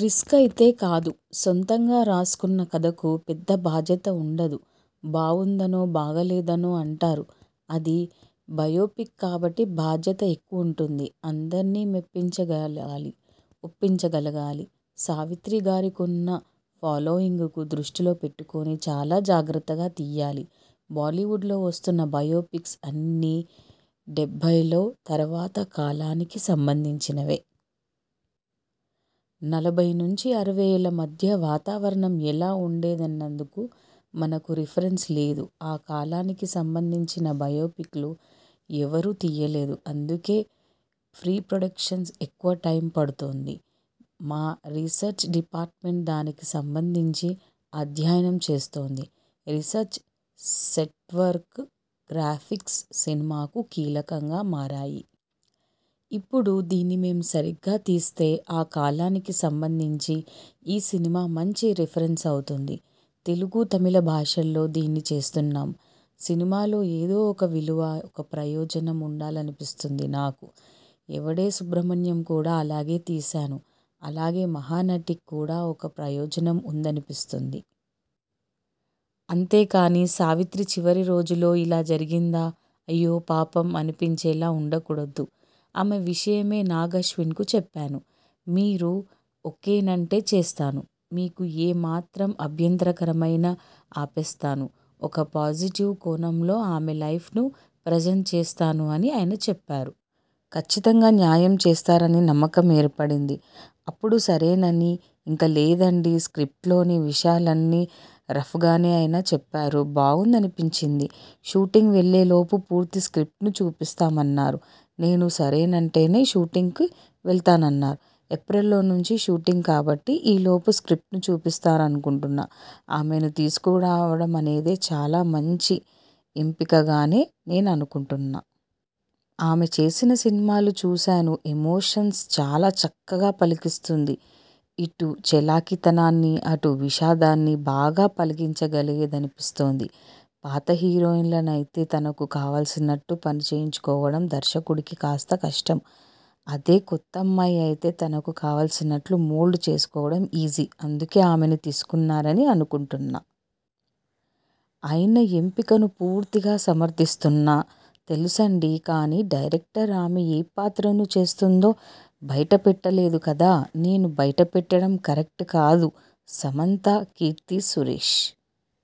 Risk అయితే కాదు. సొంతంగా రాసుకున్న కథకు పెద్ద బాధ్యత ఉండదు. బావుందనో, బాగాలేదనో అంటారు. అది బయోపిక్ కాబట్టి బాధ్యత ఎక్కువుంటుంది. అందర్నీ మెప్పించగలగాలి, ఒప్పించగలగాలి. సావిత్రి గారికున్న ఫాలోయింగ్కు దృష్టిలో పెట్టుకొని చాలా జాగ్రత్తగా తియ్యాలి. బాలీవుడ్లో వస్తున్న బయోపిక్స్ అన్నీ డెబ్బైలో తర్వాత కాలానికి సంబంధించినవే. నలభై నుంచి అరవైల మధ్య వాతావరణం ఎలా ఉండేదనేందుకు మనకు రిఫరెన్స్ లేదు. ఆ కాలానికి సంబంధించిన బయోపిక్లు ఎవరూ తియ్యలేదు. అందుకే ప్రీ ప్రొడక్షన్స్కు ఎక్కువ టైమ్ పడుతోంది. మా రిసెర్చ్ డిపార్ట్మెంట్ దానికి సంబంధించి అధ్యయనం చేస్తోంది. Research, network, graphics. సినిమాకు కీలకంగా మారాయి. ఇప్పుడు దీన్ని మేం సరిగ్గా తీస్తే, ఆ కాలానికి సంబంధించి ఈ సినిమా మంచి రిఫరెన్స్ అవుతుంది. తెలుగు, తమిళ భాషల్లో దీన్ని చేస్తున్నాం. సినిమాలో ఏదో ఒక విలువ, ఒక ప్రయోజనం ఉండాలనిపిస్తుంది నాకు. 'ఎవడే సుబ్రమణ్యం' కూడా అలాగే తీశాను. అలాగే 'మహానటి'కి కూడా ఒక ప్రయోజనం ఉందనిపిస్తుంది. అంతే కానీ 'సావిత్రి చివరి రోజుల్లో ఇలా జరిగిందా? అయ్యో పాపం' అనిపించేలా ఉండకూడదు. ఆమె విషయమే నాగ్ అశ్వినకు చెప్పాను. 'మీరు ఓకేనంటే చేస్తాను. మీకు ఏ మాత్రం అభ్యంతరకరమైనా ఆపేస్తాను. ఒక పాజిటివ్ కోణంలో ఆమె లైఫ్ను ప్రజెంట్ చేస్తాను' అని ఆయన చెప్పారు. కచ్చితంగా న్యాయం చేస్తారనే నమ్మకం ఏర్పడింది. అప్పుడు సరేనని. ఇంకా లేదండీ. స్ర్కిప్టులోని విషయాల్ని రఫ్గానే ఆయన చెప్పారు. బాగుందనిపించింది. షూటింగ్ వెళ్లేలోపు పూర్తి స్ర్కిప్టును చూపిస్తామన్నారు. నేను సరేనంటేనే షూటింగ్కు వెళ్తానన్నారు. ఏప్రిలో నుంచి షూటింగ్ కాబట్టి ఈలోపు స్ర్కిప్టును చూపిస్తారనుకుంటున్నా. ఆమెను తీసుకోవడమనేది చాలా మంచి ఎంపికగానే నేననుకుంటున్నా. ఆమె చేసిన సినిమాలు చూశాను. ఎమోషన్స్ చాలా చక్కగా పలికిస్తుంది. ఇటు చలాకీతనాన్నీ, అటు విషాదాన్నీ బాగా పలికించగలదనిపిస్తోంది. పాత హీరోయినలనైతే తనకు కావాల్సినట్లు పనిచేయించుకోవడం దర్శకుడికి కాస్త కష్టం. అదే కొత్తమ్మాయి అయితే తనకు కావాల్సినట్లు మౌల్డ్ చేసుకోవడం ఈజీ. అందుకే ఆమెను తీసుకున్నారని అనుకుంటున్నా. ఆయన ఎంపికను పూర్తిగా సమర్థిస్తున్నా. తెలుసండీ. కానీ డైరెక్టర్ ఆమె ఏ పాత్రను చేస్తోందో బయటపెట్టలేదు కదా. నేను బయటపెట్టడం కరెక్ట్ కాదు. సమంత, కీర్తి సురేశ్